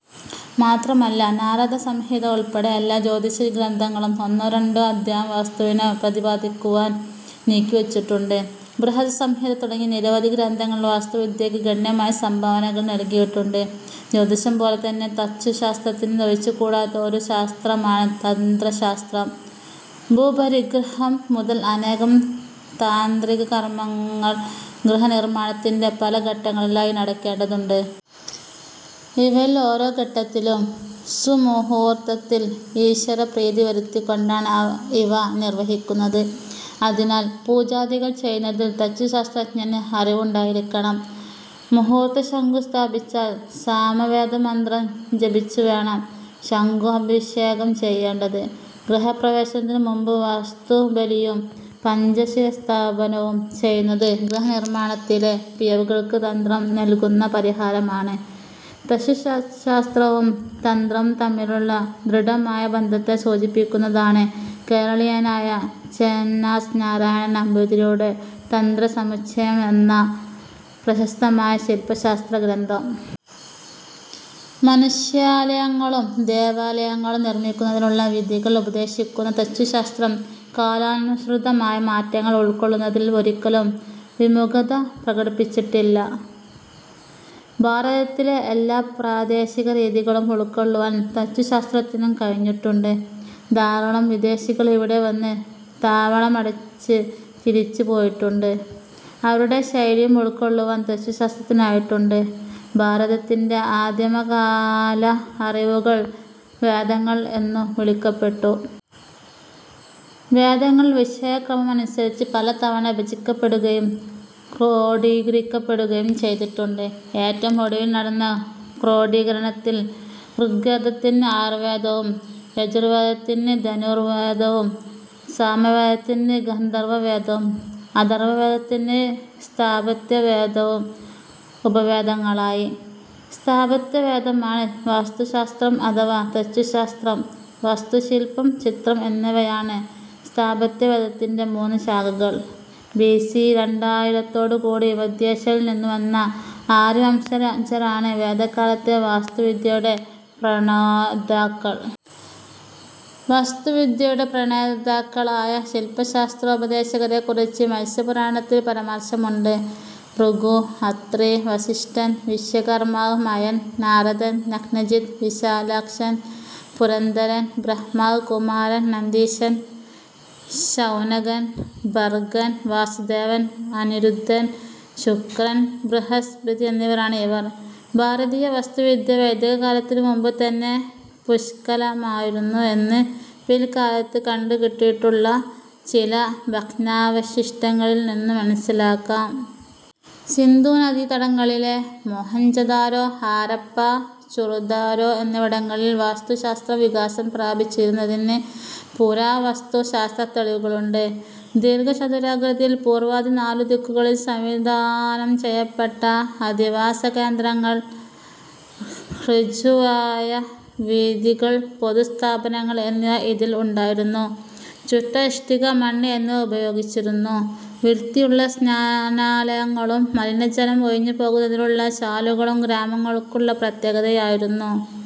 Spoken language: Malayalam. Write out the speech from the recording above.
മാത്രമല്ല നാരദസംഹിത ഉൾപ്പെടെ എല്ലാ ജ്യോതിഷ ഗ്രന്ഥങ്ങളും ഒന്നോ രണ്ടോ അധ്യായം വാസ്തുവിനെ പ്രതിപാദിക്കുവാൻ നീക്കിവച്ചിട്ടുണ്ട്. ബൃഹത് സംഹിത തുടങ്ങി നിരവധി ഗ്രന്ഥങ്ങൾ വാസ്തുവിദ്യയ്ക്ക് ഗണ്യമായ സംഭാവനകൾ നല്കിയിട്ടുണ്ട്. ജ്യോതിഷംപോലെതന്നെ തച്ചുശാസ്ത്രത്തിന് ഒഴിച്ചുകൂടാത്ത ഒരു ശാസ്ത്രമാണ് തന്ത്രശാസ്ത്രം. ഭൂപരിഗ്രഹം മുതൽ അനേകം താന്ത്രിക കർമങ്ങൾ ഗൃഹനിർമ്മാണത്തിന്റെ പല ഘട്ടങ്ങളിലായി നടക്കേണ്ടതുണ്ട്. ഇവയിൽ ഓരോ ഘട്ടത്തിലും സുമുഹൂർത്തത്തിൽ ഈശ്വരപ്രീതി വരുത്തിക്കൊണ്ടാണ് ഇവ നിർവഹിക്കുന്നത്. അതിനാൽ പൂജാദികൾ ചെയ്യുന്നതിൽ തച്ചുശാസ്ത്രജ്ഞന് അറിവുണ്ടായിരിക്കണം. മുഹൂർത്തശങ്കു സ്ഥാപിച്ചാൽ സാമവേദമന്ത്രം ജപിച്ചുവേണം ശങ്കു അഭിഷേകം ചെയ്യേണ്ടത്. ഗൃഹപ്രവേശത്തിനു മുൻപ് വാസ്തുബലിയും പഞ്ച ശിരസ്ഥാപനവും ചെയ്യുന്നത് ഗൃഹനിർമ്മാണത്തിലെ പിഴവുകൾക്ക് തന്ത്രം നല്കുന്ന പരിഹാരമാണ്. തച്ചുശാസ്ത്രവും തന്ത്രവും തമ്മിലുള്ള ദൃഢമായ ബന്ധത്തെ സൂചിപ്പിക്കുന്നതാണ്, കേരളീയനായ ചേന്നാസ് നാരായണൻ നമ്പൂതിരിയുടെ തന്ത്രസമുച്ചയം എന്ന പ്രശസ്തമായ ശില്പശാസ്ത്രഗ്രന്ഥം. മനുഷ്യാലയങ്ങളും ദേവാലയങ്ങളും നിർമ്മിക്കുന്നതിനുള്ള വിധികൾ ഉപദേശിക്കുന്ന തച്ചുശാസ്ത്രം കാലാനുസൃതമായ മാറ്റങ്ങൾ ഉൾക്കൊള്ളുന്നതിൽ ഒരിക്കലും വിമുഖത പ്രകടിപ്പിച്ചിട്ടില്ല. ഭാരതത്തിലെ എല്ലാ പ്രാദേശികരീതികളും ഉൾക്കൊള്ളുവാൻ തച്ചുശാസ്ത്രത്തിനു കഴിഞ്ഞിട്ടുണ്ട്. ധാരാളം വിദേശികൾ ഇവിടെ വന്ന് താവളമടിച്ച് തിരിച്ചു പോയിട്ടുണ്ട്. അവരുടെ ശൈലിയും ഉൾക്കൊള്ളുവാൻ തച്ചുശാസ്ത്രത്തിനായിട്ടുണ്ട്. ഭാരതത്തിന്റെ ആദിമകാല അറിവുകൾ വേദങ്ങൾ എന്നു വിളിക്കപ്പെട്ടു. വേദങ്ങൾ വിഷയക്രമമനുസരിച്ച് പലതവണ വിഭജിക്കപ്പെടുകയും ക്രോഡീകരിക്കപ്പെടുകയും ചെയ്തിട്ടുണ്ട്. ഏറ്റവും ഒടുവിൽ നടന്ന ക്രോഡീകരണത്തിൽ, ഋഗ്വേദത്തിന് ആയുർവേദവും യജുർവേദത്തിന് ധനുർവേദവും, സാമവേദത്തിന് ഗാന്ധർവവേദവും, അഥർവവേദത്തിന് സ്ഥാപത്യവേദവും ഉപവേദങ്ങളായി. സ്ഥാപത്യവേദമാണ് വാസ്തുശാസ്ത്രം അഥവാ തച്ചുശാസ്ത്രം. വാസ്തുശില്പം, ചിത്രം എന്നിവയാണ് സ്ഥാപത്യവേദത്തിന്റെ മൂന്ന് ശാഖകൾ. ബി. സി. രണ്ടായിരത്തോടുകൂടി മധ്യേഷ്യയിൽ നിന്നുവന്ന ആര്യവംശജരാണ് വേദകാലത്തെ വാസ്തുവിദ്യയുടെ പ്രണേതാക്കൾ. വാസ്തുവിദ്യയുടെ പ്രണേതാക്കളായ ശില്പശാസ്ത്രോപദേശകരെക്കുറിച്ച് മത്സ്യപുരാണത്തിൽ പരാമർശമുണ്ട്. ഭൃഗു, അത്രി, വസിഷ്ഠൻ, വിശ്വകർമാവ്, മയൻ, നാരദൻ, നഗ്നജിത്ത്, വിശാലാക്ഷൻ, പുരന്ദരൻ, ബ്രഹ്മാവ്, കുമാരൻ, നന്ദീശൻ, ശൗനകൻ, ഭർഗൻ, വാസുദേവൻ, അനിരുദ്ധൻ, ശുക്രൻ, ബൃഹസ്പതി എന്നിവരാണ് ഇവർ. ഭാരതീയ വാസ്തുവിദ്യ വൈദികകാലത്തിനു മുമ്പുതന്നെ പുഷ്കലമായിരുന്നു എന്ന് പില്ക്കാലത്ത് കണ്ടുകിട്ടിയിട്ടുള്ള ചില ഭഗ്നാവശിഷ്ടങ്ങളിൽ നിന്നു മനസ്സിലാക്കാം. സിന്ധു നദീതടങ്ങളി ലെ മോഹൻജദാരോ, ഹാരപ്പാ, ചുറുദാരോ എന്നിവിടങ്ങളിൽ വാസ്തുശാസ്ത്രം വികാസം പ്രാപിച്ചിരുന്നതിന് പുരാവസ്തു ശാസ്ത്രത്തെളിവുകളുണ്ട്. ദീർഘ ചതുരാകൃതിയിൽ പൂർവാദി നാലു ദിക്കുകളിൽ സംവിധാനം ചെയ്യപ്പെട്ട അധിവാസകേന്ദ്രങ്ങൾ, ഋജുവായ വീഥികൾ, പൊതുസ്ഥാപനങ്ങൾ എന്നിവ ഇതിൽ ഉണ്ടായിരുന്നു. ചുട്ട ഇഷ്ടിക, മണ്ണ് എന്നിവ ഉപയോഗിച്ചിരുന്നു. വൃത്തിയുള്ള സ്നാനാലയങ്ങളും മലിനജലം ഒഴിഞ്ഞു പോകുന്നതിനുള്ള ചാലുകളും ഗ്രാമങ്ങൾക്കുള്ള പ്രത്യേകതയായിരുന്നു.